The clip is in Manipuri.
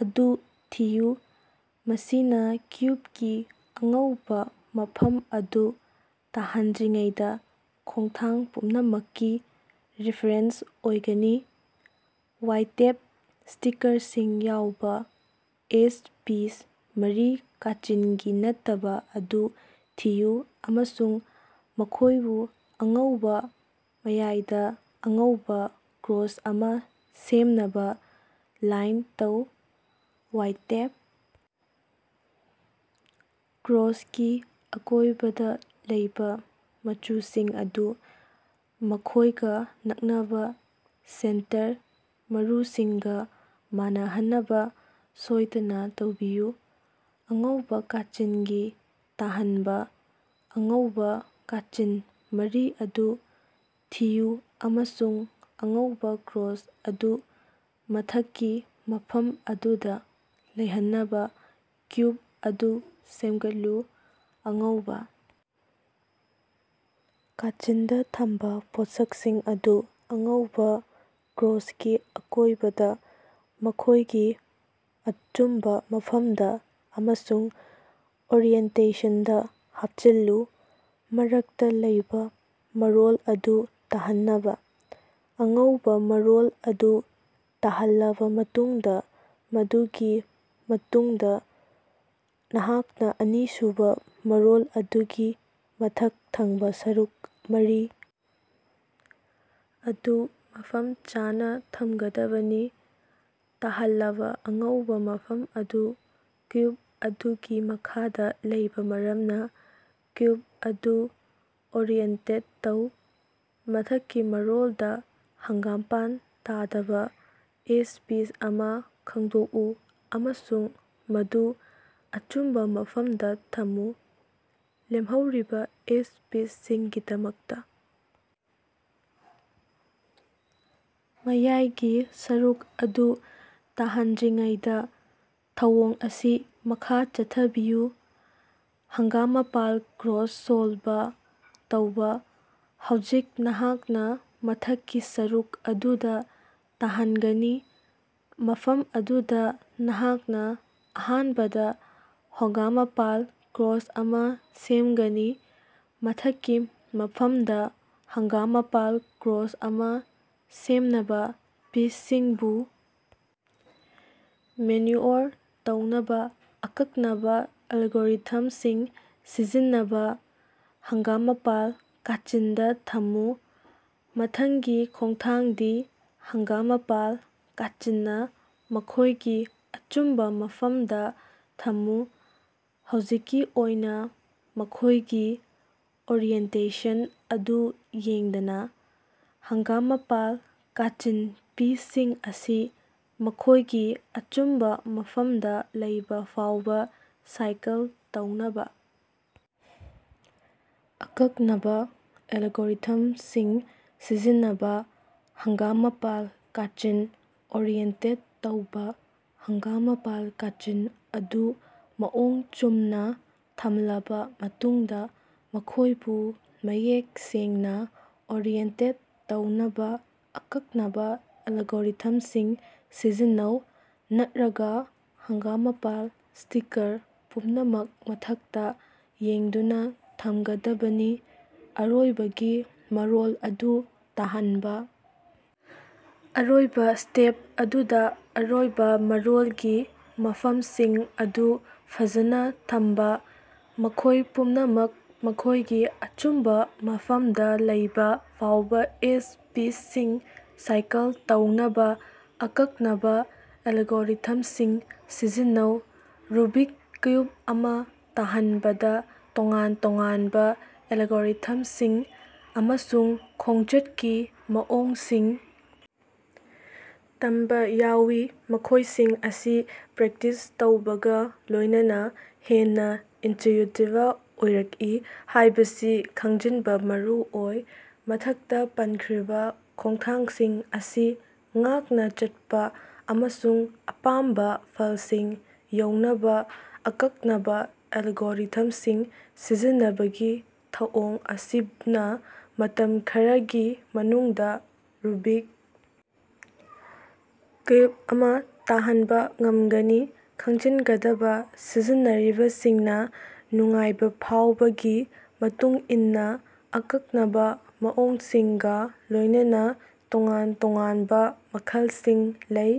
ꯑꯗꯨ ꯊꯤꯌꯨ ꯃꯁꯤꯅ ꯀ꯭ꯌꯨꯕꯀꯤ ꯑꯉꯧꯕ ꯃꯐꯝ ꯑꯗꯨ ꯇꯥꯍꯟꯗ꯭ꯔꯤꯉꯩꯗ ꯈꯣꯡꯊꯥꯡ ꯄꯨꯝꯅꯃꯛꯀꯤ ꯔꯦꯐꯥꯔꯦꯟꯁ ꯑꯣꯏꯒꯅꯤ꯫ ꯋꯥꯏꯇꯦꯞ ꯁ꯭ꯇꯤꯀꯥꯔꯁꯤꯡ ꯌꯥꯎꯕ ꯑꯦꯖ ꯄꯤꯁ ꯃꯔꯤ ꯀꯥꯆꯤꯟꯒꯤ ꯅꯠꯇꯕ ꯑꯗꯨ ꯊꯤꯌꯨ ꯑꯃꯁꯨꯡ ꯃꯈꯣꯏꯕꯨ ꯑꯉꯧꯕ ꯃꯌꯥꯏꯗ ꯑꯉꯧꯕꯥ ꯀ꯭ꯔꯣꯁ ꯑꯃ ꯁꯦꯝꯅꯕꯥ ꯂꯥꯏꯟ ꯇꯧ꯫ ꯋꯥꯏꯇꯦꯞ ꯀ꯭ꯔꯣꯁꯀꯤ ꯑꯀꯣꯢꯕꯗ ꯂꯩꯕ ꯃꯆꯨꯁꯤꯡ ꯑꯗꯨ ꯃꯈꯣꯢꯒ ꯅꯛꯅꯕ ꯁꯦꯟꯇꯔ ꯃꯔꯨꯁꯤꯡꯒ ꯃꯥꯟꯅꯍꯟꯅꯕ ꯁꯣꯢꯗꯅ ꯇꯧꯕꯤꯌꯨ꯫ ꯑꯉꯧꯕꯥ ꯀꯥꯆꯤꯟꯒꯤ ꯇꯥꯍꯟꯕ: ꯑꯉꯧꯕꯥ ꯀꯥꯆꯤꯟ ꯃꯔꯤ ꯑꯗꯨ ꯊꯤꯌꯨ ꯑꯃꯁꯨꯡ ꯑꯉꯧꯕ ꯀ꯭ꯔꯣꯁ ꯑꯗꯨ ꯃꯊꯛꯀꯤ ꯃꯐꯝ ꯑꯗꯨꯗ ꯂꯩꯍꯟꯅꯕ ꯀ꯭ꯌꯨꯕ ꯑꯗꯨ ꯁꯦꯝꯒꯠꯂꯨ ꯫ ꯑꯉꯧꯕꯥ ꯀꯥꯆꯤꯟꯗ ꯊꯝꯕꯥ ꯄꯣꯠꯁꯛꯁꯤꯡ ꯑꯗꯨ ꯑꯉꯧꯕꯥ ꯀ꯭ꯔꯣꯁꯀꯤ ꯑꯀꯣꯢꯕꯗ ꯃꯈꯣꯢꯒꯤ ꯑꯆꯨꯝꯕ ꯃꯐꯝꯗ ꯑꯃꯁꯨꯡ ꯑꯣꯔꯤꯑꯦꯟꯇꯦꯁꯟꯗꯥ ꯍꯥꯞꯆꯤꯜꯂꯨ꯫ ꯃꯔꯛꯇ ꯂꯩꯕꯥ ꯃꯔꯣꯜ ꯑꯗꯨ ꯇꯍꯟꯅꯕ: ꯑꯉꯧꯕꯥ ꯃꯔꯣꯜ ꯑꯗꯨ ꯇꯥꯍꯜꯂꯕ ꯃꯇꯨꯡꯗ ꯃꯗꯨꯒꯤ ꯃꯇꯨꯡꯗ ꯅꯍꯥꯛꯅ ꯑꯅꯤꯁꯨꯕ ꯃꯔꯣꯜ ꯑꯗꯨꯒꯤ ꯃꯊꯛ ꯊꯪꯕ ꯁꯔꯨꯛ ꯃꯔꯤ ꯑꯗꯨ ꯃꯐꯝ ꯆꯥꯅ ꯊꯝꯒꯗꯕꯅꯤ꯫ ꯇꯍꯜꯂꯕ ꯑꯉꯧꯕꯥ ꯃꯐꯝ ꯑꯗꯨ ꯀ꯭ꯌꯨꯕ ꯑꯗꯨꯒꯤ ꯃꯈꯥꯗ ꯂꯩꯕ ꯃꯔꯝꯅ ꯀ꯭ꯌꯨꯕ ꯑꯗꯨ ꯑꯣꯔꯤꯑꯦꯟꯇꯦꯠ ꯇꯧ꯫ ꯃꯊꯛꯀꯤ ꯃꯔꯣꯜꯗ ꯍꯪꯒꯥꯝꯄꯥꯟ ꯇꯗꯕ ꯑꯦꯖ ꯄꯤꯁ ꯑꯃ ꯈꯪꯗꯣꯛꯎ ꯑꯃꯁꯨꯡ ꯃꯗꯨ ꯑꯆꯨꯝꯕ ꯃꯐꯝꯗ ꯊꯝꯃꯨ꯫ ꯂꯦꯝꯍꯧꯔꯤꯕ ꯑꯦꯖ ꯄꯤꯁꯁꯤꯡꯒꯤꯗꯃꯛꯇ ꯃꯌꯥꯏꯒꯤ ꯁꯔꯨꯛ ꯑꯗꯨ ꯇꯍꯟꯗ꯭ꯔꯤꯉꯩꯗꯥ ꯊꯧꯑꯣꯡ ꯑꯁꯤ ꯃꯈꯥ ꯆꯠꯊꯕꯤꯌꯨ꯫ ꯍꯪꯒꯥꯃꯄꯥꯜ ꯀ꯭ꯔꯣꯁ ꯁꯣꯜꯕ ꯇꯧꯕꯥ: ꯍꯧꯖꯤꯛ ꯅꯍꯥꯛꯅ ꯃꯊꯛꯀꯤ ꯁꯔꯨꯛ ꯑꯗꯨꯗ ꯇꯍꯟꯒꯅꯤ ꯃꯐꯝ ꯑꯗꯨꯗ ꯅꯍꯥꯛꯅ ꯑꯍꯥꯟꯕꯗ ꯍꯣꯒꯥꯃꯄꯥꯜ ꯀ꯭ꯔꯣꯁ ꯑꯃ ꯁꯦꯝꯒꯅꯤ꯫ ꯃꯊꯛꯀꯤ ꯃꯐꯝꯗ ꯍꯪꯒꯥꯃꯄꯥꯜ ꯀ꯭ꯔꯣꯁ ꯑꯃ ꯁꯦꯝꯅꯕ ꯄꯤꯁꯁꯤꯡꯕꯨ ꯃꯦꯟꯌꯨꯑꯣꯔ ꯇꯧꯅꯕ ꯑꯀꯛꯅꯕ ꯑꯦꯂꯒꯣꯔꯤꯊꯝꯁꯤꯡ ꯁꯤꯖꯤꯟꯅꯕ꯫ ꯍꯪꯒꯥꯃꯄꯥꯜ ꯀꯥꯆꯤꯟꯗ ꯊꯝꯃꯨ: ꯃꯊꯪꯒꯤ ꯈꯣꯡꯊꯥꯡꯗꯤ ꯍꯪꯒꯥꯃꯄꯥꯜ ꯀꯥꯆꯤꯟꯅ ꯃꯈꯣꯢꯒꯤ ꯑꯆꯨꯝꯕ ꯃꯐꯝꯗ ꯊꯝꯃꯨ ꯍꯧꯖꯤꯛꯀꯤ ꯑꯣꯏꯅ ꯃꯈꯣꯢꯒꯤ ꯑꯣꯔꯤꯑꯦꯟꯇꯦꯁꯟ ꯑꯗꯨ ꯌꯦꯡꯗꯅ꯫ ꯍꯪꯒꯥꯃꯄꯥꯜ ꯀꯥꯆꯤꯟ ꯄꯤꯁꯁꯤꯡ ꯑꯁꯤ ꯃꯈꯣꯢꯒꯤ ꯑꯆꯨꯝꯕ ꯃꯐꯝꯗ ꯂꯩꯕ ꯐꯥꯎꯕ ꯁꯥꯏꯀꯜ ꯇꯧꯅꯕ ꯑꯀꯛꯅꯕ ꯑꯦꯂꯒꯣꯔꯤꯊꯝꯁꯤꯡ ꯁꯤꯖꯤꯟꯅꯕ꯫ ꯍꯪꯒꯥꯃꯄꯥꯜ ꯀꯥꯆꯤꯟ ꯑꯣꯔꯤꯑꯦꯟꯇꯦꯠ ꯇꯧꯕꯥ: ꯍꯪꯒꯥꯃꯄꯥꯜ ꯀꯥꯆꯤꯟ ꯑꯗꯨ ꯃꯑꯣꯡ ꯆꯨꯝꯅ ꯊꯝꯂꯕ ꯃꯇꯨꯡꯗ ꯃꯈꯣꯢꯕꯨ ꯃꯌꯦꯛ ꯁꯦꯡꯅ ꯑꯣꯔꯤꯑꯦꯟꯇꯦꯠ ꯇꯧꯅꯕ ꯑꯀꯛꯅꯕ ꯑꯦꯂꯒꯣꯔꯤꯊꯝꯁꯤꯡ ꯁꯤꯖꯤꯟꯅꯧ ꯅꯠꯠꯔꯒ ꯍꯪꯒꯥꯃꯄꯥꯜ ꯁ꯭ꯇꯤꯀꯥꯔ ꯄꯨꯝꯅꯃꯛ ꯃꯊꯛꯇ ꯌꯦꯡꯗꯨꯅ ꯊꯝꯒꯗꯕꯅꯤ꯫ ꯑꯔꯣꯏꯕꯒꯤ ꯃꯔꯣꯜ ꯑꯗꯨ ꯇꯥꯍꯟꯕ: ꯑꯔꯣꯏꯕꯥ ꯁ꯭ꯇꯦꯞ ꯑꯗꯨꯗ ꯑꯔꯣꯏꯕꯥ ꯃꯔꯣꯜꯒꯤ ꯃꯐꯝꯁꯤꯡ ꯑꯗꯨ ꯐꯖꯥꯅ ꯊꯝꯕ꯫ ꯃꯈꯣꯢ ꯄꯨꯝꯅꯃꯛ ꯃꯈꯣꯢꯒꯤ ꯑꯆꯨꯝꯕ ꯃꯐꯝꯗ ꯂꯩꯕ ꯐꯥꯎꯕ ꯑꯦꯖ ꯄꯤꯁꯁꯤꯡ ꯁꯥꯏꯀꯜ ꯇꯧꯅꯕ ꯑꯀꯛꯅꯕ ꯑꯦꯂꯒꯣꯔꯤꯊꯝꯁꯤꯡ ꯁꯤꯖꯤꯟꯅꯧ꯫ ꯔꯨꯕꯤꯛ ꯀ꯭ꯌꯨꯕ ꯑꯃ ꯇꯍꯟꯕꯗ ꯇꯣꯉꯥꯟ ꯇꯣꯉꯥꯟꯕ ꯑꯦꯂꯒꯣꯔꯤꯊꯝꯁꯤꯡ ꯑꯃꯁꯨꯡ ꯈꯣꯡꯆꯠꯀꯤ ꯃꯑꯣꯡꯁꯤꯡ ꯇꯝꯕ ꯌꯥꯎꯏ ꯃꯈꯣꯢꯁꯤꯡ ꯑꯁꯤ ꯄ꯭ꯔꯦꯛꯇꯤꯁ ꯇꯧꯕꯒ ꯂꯣꯢꯅꯅꯥ ꯍꯦꯟꯅ ꯏꯟꯇꯌꯨꯏꯇꯤꯕ ꯑꯣꯏꯔꯛꯏ ꯍꯥꯢꯕꯁꯤ ꯈꯪꯖꯤꯟꯕ ꯃꯔꯨ ꯑꯣꯏ꯫ ꯃꯊꯛꯇꯥ ꯄꯟꯈ꯭ꯔꯤꯕ ꯈꯣꯡꯊꯥꯡꯁꯤꯡ ꯑꯁꯤ ꯉꯥꯛꯅ ꯆꯠꯄꯥ ꯑꯃꯁꯨꯡ ꯑꯄꯥꯝꯕꯥ ꯐꯜꯁꯤꯡ ꯌꯧꯅꯕꯥ ꯑꯀꯛꯅꯕꯥ ꯑꯦꯂꯒꯣꯔꯤꯊꯝꯁꯤꯡ ꯁꯤꯖꯤꯟꯅꯕꯒꯤ ꯊꯧꯑꯣꯡ ꯑꯁꯤꯅ ꯃꯇꯝ ꯈꯔꯒꯤ ꯃꯅꯨꯡꯗ ꯔꯨꯕꯤꯛ ꯀ꯭ꯌꯨꯕ ꯑꯃ ꯇꯥꯍꯟꯕ ꯉꯝꯒꯅꯤ꯫ ꯈꯪꯖꯤꯟꯒꯗꯕ ꯁꯤꯖꯤꯟꯅꯔꯤꯕꯁꯤꯡꯅ ꯅꯨꯡꯉꯥꯏꯕ ꯐꯥꯎꯕꯒꯤ ꯃꯇꯨꯡꯏꯟꯅ ꯑꯀꯛꯅꯕ ꯃꯑꯣꯡꯁꯤꯡꯒꯥ ꯂꯣꯢꯅꯅꯥ ꯇꯣꯉꯥꯟ-ꯇꯣꯉꯥꯟꯕ ꯃꯈꯜꯁꯤꯡ ꯂꯩ꯫